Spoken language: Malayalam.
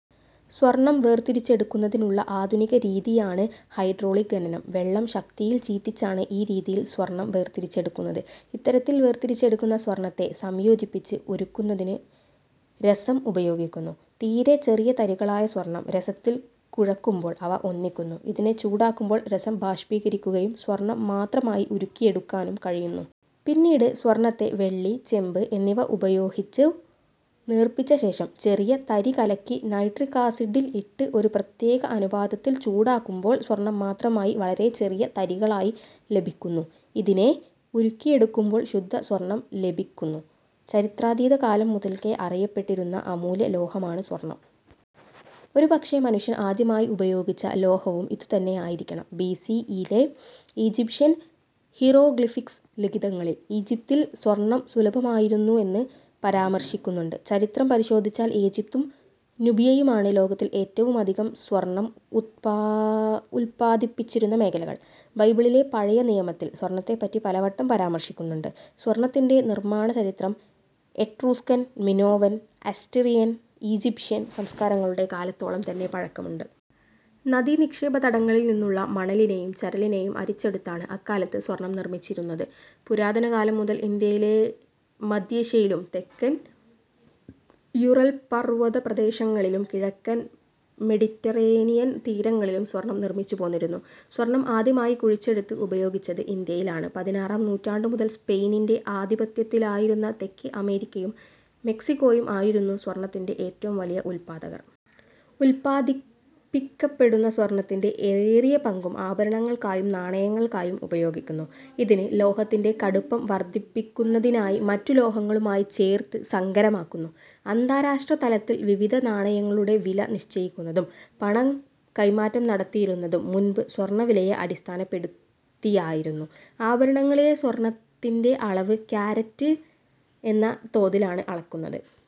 സ്വർണ്ണം വേർതിരിച്ചെടുക്കുന്നതിനുള്ള ആധുനികരീതിയാണ് ഹൈഡ്രോളിക് ഖനനം. വെള്ളം ശക്തിയിൽ ചീറ്റിച്ചാണ് ഈ രീതിയിൽ സ്വർണ്ണം വേർതിരിച്ചെടുക്കുന്നത്. ഇത്തരത്തിൽ വേർതിരിച്ചെടുക്കുന്ന സ്വർണ്ണത്തെ സംയോജിപ്പിച്ച് ഉരുക്കുന്നത്തിനു രസം ഉപയോഗിക്കുന്നു. തീരെ ചെറിയ തരികളായ സ്വർണം രസത്തിൽ കുഴക്കുമ്പോൾ അവ ഒന്നിക്കുന്നു ഇതിനെ ചൂടാക്കുമ്പോൾ രസം ബഷ്പീകരിക്കുകയും സ്വർണം മാത്രമായി ഉരുക്കിയെടുക്കാനും കഴിയുന്നു. പിന്നീട് സ്വർണത്തെ വെള്ളി, ചെമ്പ് എന്നിവ ഉപയോഹിച്ചു നേർപ്പിച്ച ശേഷം ചെറിയ തരികലക്കി നൈട്രിക് ആസിഡിൽ ഇട്ടു ഒരു പ്രത്യേക അനുപാതത്തിൽ ചൂടാക്കുമ്പോൾ സ്വർണം മാത്രമായി വളരെ ചെറിയ തരികളായി ലെഭിക്കുന്നു ഇതിനെ ഉരുക്കിയെടുക്കുമ്പോൾ ശുദ്ധ സ്വർണം ലെഭിക്കുന്നു. ചരിത്രാതീത കാലം മുതൽക്കേ അറിയപ്പെട്ടിരുന്ന അമൂല്യലോഹമാണ് സ്വർണ്ണം. ഒരുപക്ഷേ മനുഷ്യൻ ആദ്യമായി ഉപയോഗിച്ച ലോഹവും ഇതുതന്നെയായിരിക്കണം. ബി. സി. ഇ. ലെ ഈജിപ്ഷ്യൻ ഹീറോഗ്ലിഫിക്സ് ലിഖിതങ്ങളിൽ ഈജിപ്തിൽ സ്വർണ്ണം സുലഭമായിരുന്നെന്ന് പരാമർശിക്കുന്നുണ്ട്. ചരിത്രം പരിശോധിച്ചാൽ ഈജിപ്തും നുബിയയുമാണ് ലോകത്തിൽ ഏറ്റവുമധികം സ്വർണ്ണം ഉല്പ്പാദിപ്പിച്ചിരുന്ന മേഖലകൾ. ബൈബിളിലെ പഴയ നിയമത്തിൽ സ്വർണ്ണത്തെപ്പറ്റി പലവട്ടം പരാമർശിക്കുന്നുണ്ട്. സ്വർണ്ണത്തിന്റെ നിർമ്മാണചരിത്രം എട്രൂസ്കൻ, മിനോവൻ, അസ്സിറിയൻ, ഈജിപ്ഷ്യൻ സംസ്കാരങ്ങളുടെ കാലത്തോളം തന്നെ പഴക്കമുണ്ട്. നദീനിക്ഷേപതടങ്ങളിൽ നിന്നുള്ള മണലിനെയും ചരലിനേയും അരിച്ചെടുത്താണ് അക്കാലത്ത് സ്വർണ്ണം നിർമ്മിച്ചിരുന്നത്. പുരാതനകാലം മുതൽ ഇന്ത്യയിൽ മദ്ധ്യേഷ്യയിലും തെക്കൻ യുറൽ പർവ്വത പ്രദേശങ്ങളിലും കിഴക്കൻ മെഡിറ്ററേനിയൻ തീരങ്ങളിലും സ്വർണ്ണം നിർമ്മിച്ചു പോന്നിരുന്നു. സ്വർണ്ണം ആദ്യമായി കുഴിച്ചെടുത്ത് ഉപയോഗിച്ചത് ഇന്ത്യയിലാണ്. പതിനാറാം നൂറ്റാണ്ടു മുതൽ സ്പെയിനിന്റെ ആധിപത്യത്തിലായിരുന്ന തെക്കേ അമേരിക്കയും മെക്സിക്കോയും ആയിരുന്നു സ്വർണ്ണത്തിന്റെ ഏറ്റവും വലിയ ഉൽപ്പാദകർ. ഉൽപ്പാദിപ്പിക്കപ്പെടുന്ന സ്വർണ്ണത്തിന്റെ ഏറിയ പങ്കും ആഭരണങ്ങൾക്കായും നാണയങ്ങൾക്കായും ഉപയോഗിക്കുന്നു. ഇതിന് ലോഹത്തിന്റെ കടുപ്പം വർദ്ധിപ്പിക്കുന്നതിനായി മറ്റു ലോഹങ്ങളുമായി ചേർത്ത് സങ്കരമാക്കുന്നു. അന്താരാഷ്ട്രതലത്തിൽ വിവിധ നാണയങ്ങളുടെ വില നിശ്ചയിക്കുന്നതും പണം കൈമാറ്റം നടത്തിയിരുന്നതും മുൻപ് സ്വർണ്ണവിലയെ അടിസ്ഥാനപ്പെടുത്തിയായിരുന്നു. ആഭരണങ്ങളിലെ സ്വർണ്ണത്തിന്റെ അളവ് കാരറ്റ് എന്ന തോതിലാണ് അളക്കുന്നത്.